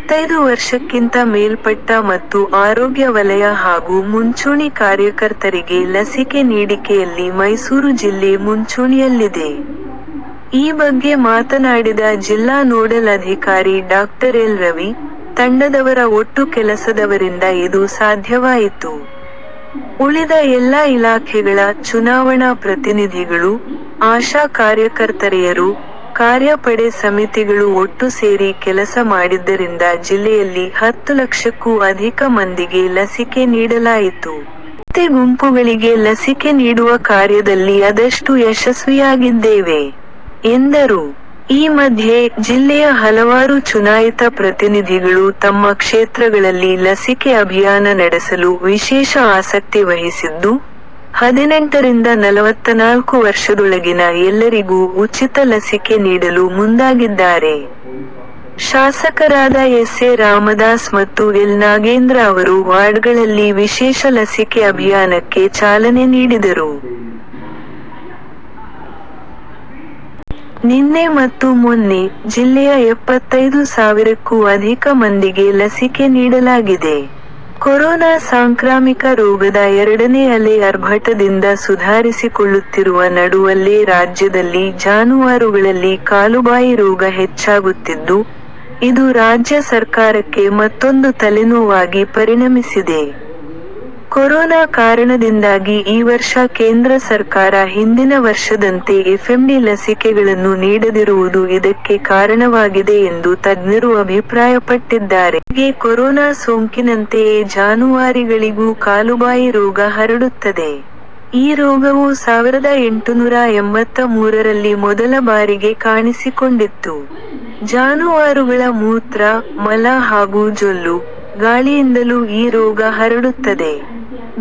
ನಲವತ್ತೈದು ವರ್ಷಕ್ಕಿಂತ ಮೇಲ್ಪಟ್ಟ ಮತ್ತು ಆರೋಗ್ಯ ವಲಯ ಹಾಗೂ ಮುಂಚೂಣಿ ಕಾರ್ಯಕರ್ತರಿಗೆ ಲಸಿಕೆ ನೀಡಿಕೆಯಲ್ಲಿ ಮೈಸೂರು ಜಿಲ್ಲೆ ಮುಂಚೂಣಿಯಲ್ಲಿದೆ. ಈ ಬಗ್ಗೆ ಮಾತನಾಡಿದ ಜಿಲ್ಲಾ ನೋಡಲ್ ಅಧಿಕಾರಿ ಡಾಕ್ಟರ್ ಎಲ್ ರವಿ, ತಂಡದವರ ಒಟ್ಟು ಕೆಲಸದವರಿಂದ ಇದು ಸಾಧ್ಯವಾಯಿತು. ಉಳಿದ ಎಲ್ಲಾ ಇಲಾಖೆಗಳ, ಚುನಾವಣಾ ಪ್ರತಿನಿಧಿಗಳು, ಆಶಾ ಕಾರ್ಯಕರ್ತರೆಯರು, ಕಾರ್ಯ ಪಡೆ ಸಮಿತಿಗಳು ಒಟ್ಟು ಸೇರಿ ಕೆಲಸ ಮಾಡಿದ್ದರಿಂದ ಜಿಲ್ಲೆಯಲ್ಲಿ ಹತ್ತು ಲಕ್ಷಕ್ಕೂ ಅಧಿಕ ಮಂದಿಗೆ ಲಸಿಕೆ ನೀಡಲಾಯಿತು. ಆದ್ಯತೆ ಗುಂಪುಗಳಿಗೆ ಲಸಿಕೆ ನೀಡುವ ಕಾರ್ಯದಲ್ಲಿ ಆದಷ್ಟು ಯಶಸ್ವಿಯಾಗಿದ್ದೇವೆ ಎಂದರು. ಈ ಮಧ್ಯೆ, ಜಿಲ್ಲೆಯ ಹಲವಾರು ಚುನಾಯಿತ ಪ್ರತಿನಿಧಿಗಳು ತಮ್ಮ ಕ್ಷೇತ್ರಗಳಲ್ಲಿ ಲಸಿಕೆ ಅಭಿಯಾನ ನಡೆಸಲು ವಿಶೇಷ ಆಸಕ್ತಿ ವಹಿಸಿದ್ದು, ಹದಿನೆಂಟರಿಂದ ನಲವತ್ತನಾಲ್ಕು ವರ್ಷದೊಳಗಿನ ಎಲ್ಲರಿಗೂ ಉಚಿತ ಲಸಿಕೆ ನೀಡಲು ಮುಂದಾಗಿದ್ದಾರೆ. ಶಾಸಕರಾದ ಎಸ್ ಎ ರಾಮದಾಸ್ ಮತ್ತು ಎಲ್ ನಾಗೇಂದ್ರ ಅವರು ವಾರ್ಡ್ಗಳಲ್ಲಿ ವಿಶೇಷ ಲಸಿಕೆ ಅಭಿಯಾನಕ್ಕೆ ಚಾಲನೆ ನೀಡಿದರು. ನಿನ್ನೆ ಮತ್ತು ಮೊನ್ನೆ, ಜಿಲ್ಲೆಯ ಎಪ್ಪತೈದು ಸಾವಿರಕ್ಕೂ ಅಧಿಕ ಮಂದಿಗೆ ಲಸಿಕೆ ನೀಡಲಾಗಿದೆ. ಕೊರೋನಾ ಸಾಂಕ್ರಾಮಿಕ ರೋಗದ ಎರಡನೇ ಅಲೆ ಆರ್ಭಟದಿಂದ ಸುಧಾರಿಸಿಕೊಳ್ಳುತ್ತಿರುವ ನಡುವಲ್ಲೇ ರಾಜ್ಯದಲ್ಲಿ ಜಾನುವಾರುಗಳಲ್ಲಿ ಕಾಲುಬಾಯಿ ರೋಗ ಹೆಚ್ಚಾಗುತ್ತಿದ್ದು, ಇದು ರಾಜ್ಯ ಸರ್ಕಾರಕ್ಕೆ ಮತ್ತೊಂದು ತಲೆನೋವಾಗಿ ಪರಿಣಮಿಸಿದೆ. ಕೊರೋನಾ ಕಾರಣದಿಂದಾಗಿ ಈ ವರ್ಷ ಕೇಂದ್ರ ಸರ್ಕಾರ ಹಿಂದಿನ ವರ್ಷದಂತೆ ಎಫ್ಎಂಡಿ ಲಸಿಕೆಗಳನ್ನು ನೀಡದಿರುವುದು ಇದಕ್ಕೆ ಕಾರಣವಾಗಿದೆ ಎಂದು ತಜ್ಞರು ಅಭಿಪ್ರಾಯಪಟ್ಟಿದ್ದಾರೆ. ಮನುಷ್ಯರಿಗೆ ಕೊರೋನಾ ಸೋಂಕಿನಂತೆಯೇ ಜಾನುವಾರಿಗಳಿಗೂ ಕಾಲುಬಾಯಿ ರೋಗ ಹರಡುತ್ತದೆ. ಈ ರೋಗವು ಸಾವಿರದ ಎಂಟುನುರಾ ಎಂಬತ್ತ ಮೂರರಲ್ಲಿ ಮೊದಲ ಬಾರಿಗೆ ಕಾಣಿಸಿಕೊಂಡಿತ್ತು. ಜಾನುವಾರುಗಳ ಮೂತ್ರ, ಮಲ ಹಾಗೂ ಜೊಲ್ಲು, ಗಾಳಿಯಿಂದಲೂ ಈ ರೋಗ ಹರಡುತ್ತದೆ.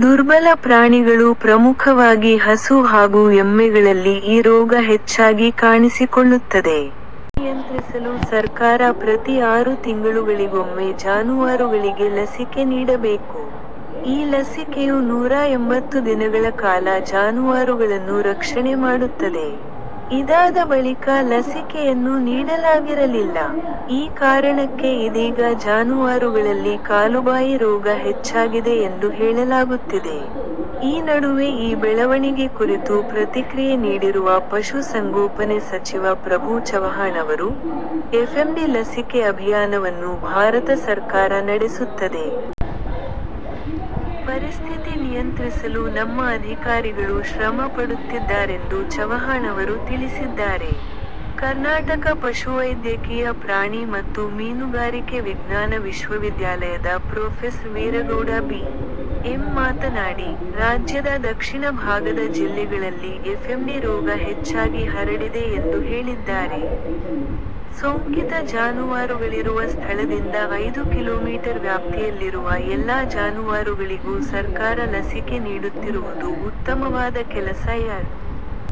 ದುರ್ಬಲ ಪ್ರಾಣಿಗಳು ಪ್ರಮುಖವಾಗಿ ಹಸು ಹಾಗೂ ಎಮ್ಮೆಗಳಲ್ಲಿ ಈ ರೋಗ ಹೆಚ್ಚಾಗಿ ಕಾಣಿಸಿಕೊಳ್ಳುತ್ತದೆ. ರೋಗ ನಿಯಂತ್ರಿಸಲು ಸರ್ಕಾರ ಪ್ರತೀ ಆರು ತಿಂಗಳುಗಳಿಗೊಮ್ಮೆ ಜಾನುವಾರುಗಳಿಗೆ ಲಸಿಕೆ ನೀಡಲೇಕು. ಈ ಲಸಿಕೆಯು ನೂರಾ ಎಂಬತ್ತು ದಿನಗಳ ಕಾಲ ಜಾನುವಾರುಗಳನ್ನು ರಕ್ಷಣೆ ಮಾಡುತ್ತದೆ. ಇದಾದ ಬಳಿಕ ಲಸಿಕೆಯನ್ನು ನೀಡಲಾಗಿರಲಿಲ್ಲ. ಈ ಕಾರಣಕ್ಕೆ ಇದೀಗ ಜಾನುವಾರುಗಳಲ್ಲಿ ಕಾಲುಬಾಯಿ ರೋಗ ಹೆಚ್ಚಾಗಿದೆ ಎಂದು ಹೇಳಲಾಗುತ್ತಿದೆ. ಈ ನಡುವೆ ಈ ಬೆಳವಣಿಗೆ ಕುರಿತು ಪ್ರತಿಕ್ರಿಯೆ ನೀಡಿರುವ ಪಶು ಸಂಗೋಪನೆ ಸಚಿವ ಪ್ರಭು ಚವ್ಹಾಣ್ ಅವರು, ಎಫ್ಎಂಡಿ ಲಸಿಕೆ ಅಭಿಯಾನವನ್ನು ಭಾರತ ಸರ್ಕಾರ ನಡೆಸುತ್ತದೆ. ಪರಿಸ್ಥಿತಿ ನಿಯಂತ್ರಿಸಲು ನಮ್ಮ ಅಧಿಕಾರಿಗಳು ಶ್ರಮ ಪಡುತ್ತಿದ್ದಾರೆಂದು ಚವ್ಹಾಣ್ ಅವರು ತಿಳಿಸಿದ್ದಾರೆ. ಕರ್ನಾಟಕ ಪಶುವೈದ್ಯಕೀಯ ಪ್ರಾಣಿ ಮತ್ತು ಮೀನುಗಾರಿಕೆ ವಿಜ್ಞಾನ ವಿಶ್ವವಿದ್ಯಾಲಯದ ಪ್ರೊಫೆಸರ್ ವೀರಗೌಡ ಬಿ. ಎಂ ಮಾತನಾಡಿ, ರಾಜ್ಯದ ದಕ್ಷಿಣ ಭಾಗದ ಜಿಲ್ಲೆಗಳಲ್ಲಿ ಎಫ್ಎಂಡಿ ರೋಗ ಹೆಚ್ಚಾಗಿ ಹರಡಿದೆ ಎಂದು ಹೇಳಿದ್ದಾರೆ. ಸೋಂಕಿತ ಜಾನುವಾರುಗಳಿರುವ ಸ್ಥಳದಿಂದ ಐದು ಕಿಲೋಮೀಟರ್ ವ್ಯಾಪ್ತಿಯಲ್ಲಿರುವ ಎಲ್ಲಾ ಜಾನುವಾರುಗಳಿಗೂ ಸರ್ಕಾರ ಲಸಿಕೆ ನೀಡುತ್ತಿರುವುದು ಉತ್ತಮವಾದ ಕೆಲಸ ಎಂದಿದ್ದಾರೆ.